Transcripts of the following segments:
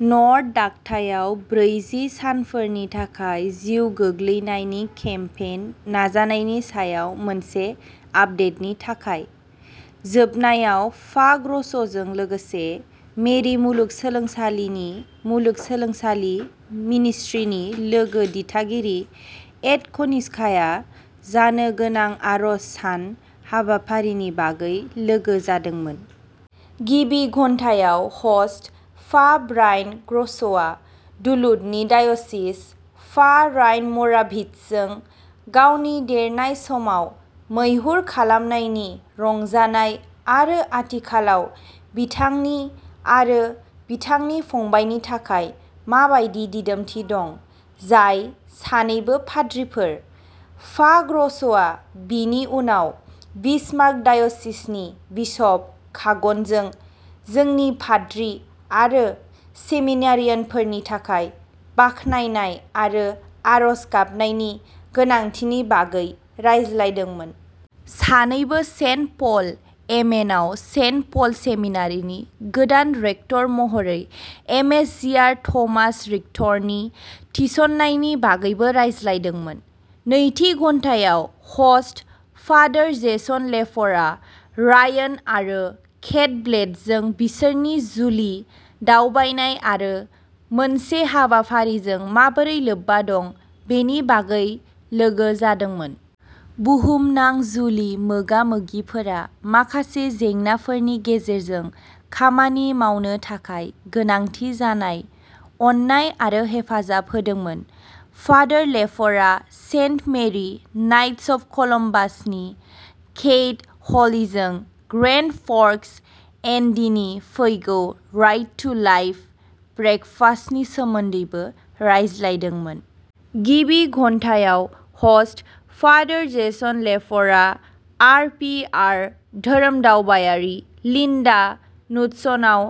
North डाकटायाव ब्रैजि सानफोरनि थाखाय जिउ गोग्लैनायनि केम्पेइन नाजानायनि सायाव मोनसे आपडेटनि थाखाय। जोबनायाव, फा. ग्र'सजों लोगोसे मेरि मुलुगसोलोंसालिनि मुलुगसोलोंसालि मिनिस्ट्रिनि लोगो दिथागिरि एड कनिएज्काया जानो गोनां आरज सान हाबाफारिनि बागै लोगो जादोंमोन। गिबि घन्टायाव, ह'स्ट फा. ब्रायन ग्र'सआ डुलुथनि डायोसिस फा. रायन म'राभिट्जजों गावनि देरनाय समाव मैहुर खालामनायनि रंजानाय आरो आथिखालाव बिथांनि आरो बिथांनि फंबायनि थाखाय मा बायदि दिदोमथि दं, जाय सानैबो पाद्रिफोर। फा. ग्र'सआ बिनि उनाव बिसमार्क डायोसिसनि बिशप कागनजों जोंनि पाद्रि आरो सेमिनारियानफोरनि थाखाय बाख्नायनाय आरो आरज गाबनायनि गोनांथिनि बागै रायज्लायदोंमोन। सानैबो सेन्ट पल, एमएनआव सेन्ट पल सेमिनारिनि गोदान रेक्टर महरै एमएसजिआर थमास रिक्टरनि थिसननायनि बागैबो रायज्लायदोंमोन। नैथि घन्टायाव, ह'स्ट फा. जेसन लेफरआ रायन आरो केट ब्लेथजों बिसोरनि जुलि दावबायनाय आरो मोनसे हाबाफारिजों माबोरै लोब्बा दं बेनि बागै लोगो जादोंमोन। बुहुमनां जुलि मोगा-मोगिफोरा माखासे जेंनाफोरनि गेजेरजों खामानि मावनो थाखाय गोनांथि जानाय अननाय आरो हेफाजाब होदोंमोन। फादार लेफरआ सेन्ट मेरि नाइट्स अफ कलम्बासनि केइथ हलिजों ग्रान्ड फ'र्कस, एन. डि. नि फैगौ "राइट टु लाइफ" ब्रेकफास्टनि सोमोन्दैबो रायज्लायदोंमोन। गिबि घन्टायाव, ह'स्ट फा. जेसन लेफरआ आर. पि. आर. धोरोमदावबायारि लिंडा नुडसनआव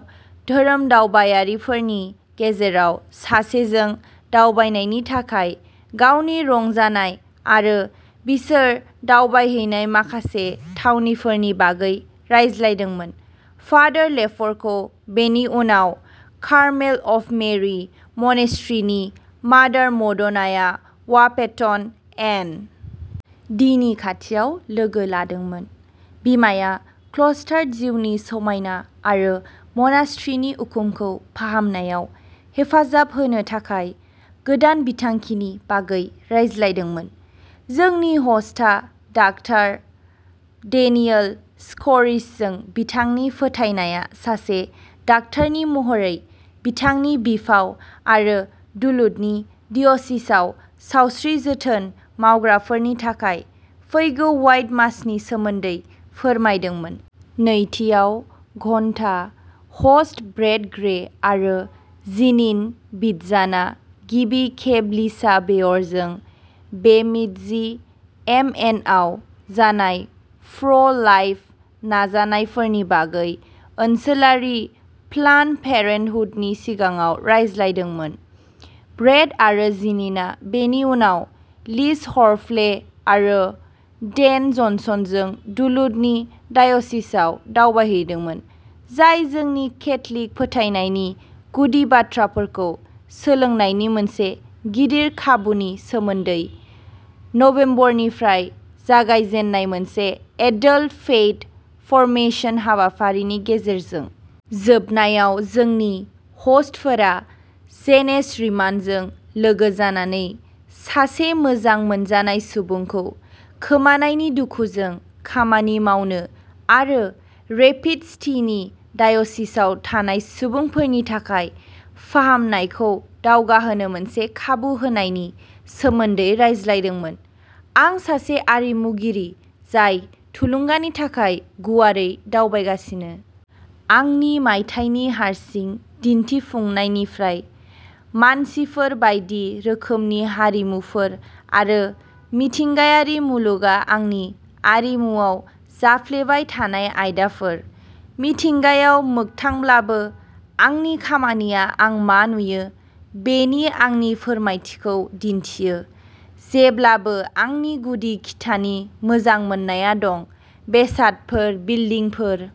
धोरोमदावबायारिफोरनि गेजेराव सासेजों दावबायनायनि थाखाय गावनि रंजानाय आरो बिसोर दावबायहैनाय माखासे थावनिफोरनि बागै रायज्लायदोंमोन। फादार लेफरखौ बेनि उनाव कारमेल अफ मेरि म'नास्ट्रिनि मादार म'ड'नाया वाहपेटन, एन. डि. नि खाथियाव लोगो लादोंमोन। बिमाया क्ल'स्टार्ड जिउनि समायना आरो म'नास्ट्रिनि उखुमखौ फाहामनायाव हेफाजाब होनो थाखाय गोदान बिथांखिनि बागै रायज्लायदोंमोन। जोंनि ह'स्टआ डाक्टर डेनियेल स्क'रिचजों बिथांनि फोथायनाया सासे डाक्टारनि महरै बिथांनि बिफाव आरो डुलुथनि डिय'सिसआव सावस्रि जोथोन मावग्राफोरनि थाखाय फैगौ व्हाइट मासनि सोमोन्दै फोरमायदोंमोन। नैथिआव। घन्टा, ह'स्ट ब्रैड ग्रे आरो जीनिन बितजानआ गिबि खेब लिसा बेयरजों बेमिडजी, एमएनआव जानाय प्र'- लाइफ नाजानायफोरनि बागै ओनसोलारि प्लान्ड पेरेन्टहुडनि सिगाङाव रायज्लायदोंमोन। ब्रैड आरो जीनिनआ बेनि उनाव लिज हफर्ले आरो डेन जनसनजों डुलुथनि डायोसिसआव दावबायहैदोंमोन, जाय जोंनि केथ'लिक फोथायनायनि गुदि बाथ्राफोरखौ सोलोंनायनि मोनसे गिदिर खाबुनि सोमोन्दै, नबेम्बरनिफ्राय जागायजेन्नाय मोनसे एडल्ट फेइथ फर्मेशन हाबाफारिनि गेजेरजों। जोबनायाव, जोंनि ह'स्टफोरा जेनेस रीमानजों लोगो जानानै सासे मोजां मोनजानाय सुबुंखौ खोमानायनि दुखुजों खामानि मावनो आरो रेपिड सिटीनि डायोसिसआव थानाय सुबुंफोरनि थाखाय फाहामनायखौ दावगाहोनो मोनसे खाबु होनायनि सोमोन्दै रायज्लायदोंमोन। आं सासे आरिमुगिरि, जाय थुलुंगानि थाखाय गुवारै दावबायगासिनो! आंनि मायथाइनि हारसिं दिन्थिफुंनायनिफ्राय। मानसिफोर, बायदि रोखोमनि हारिमुफोर आरो मिथिंगायारि मुलुगआ आंनि आरिमुआव जाफ्लेबाय थानाय आयदाफोर। मिथिंगायाव मोगथांब्लाबो आंनि खामानिया आं मा नुयो बेनि आंनि फोरमायथिखौ दिन्थियो। जेब्लाबो आंनि गुदि खिथानि मोजां मोननाया दं। बेसादफोर, बिल्दिंफोर,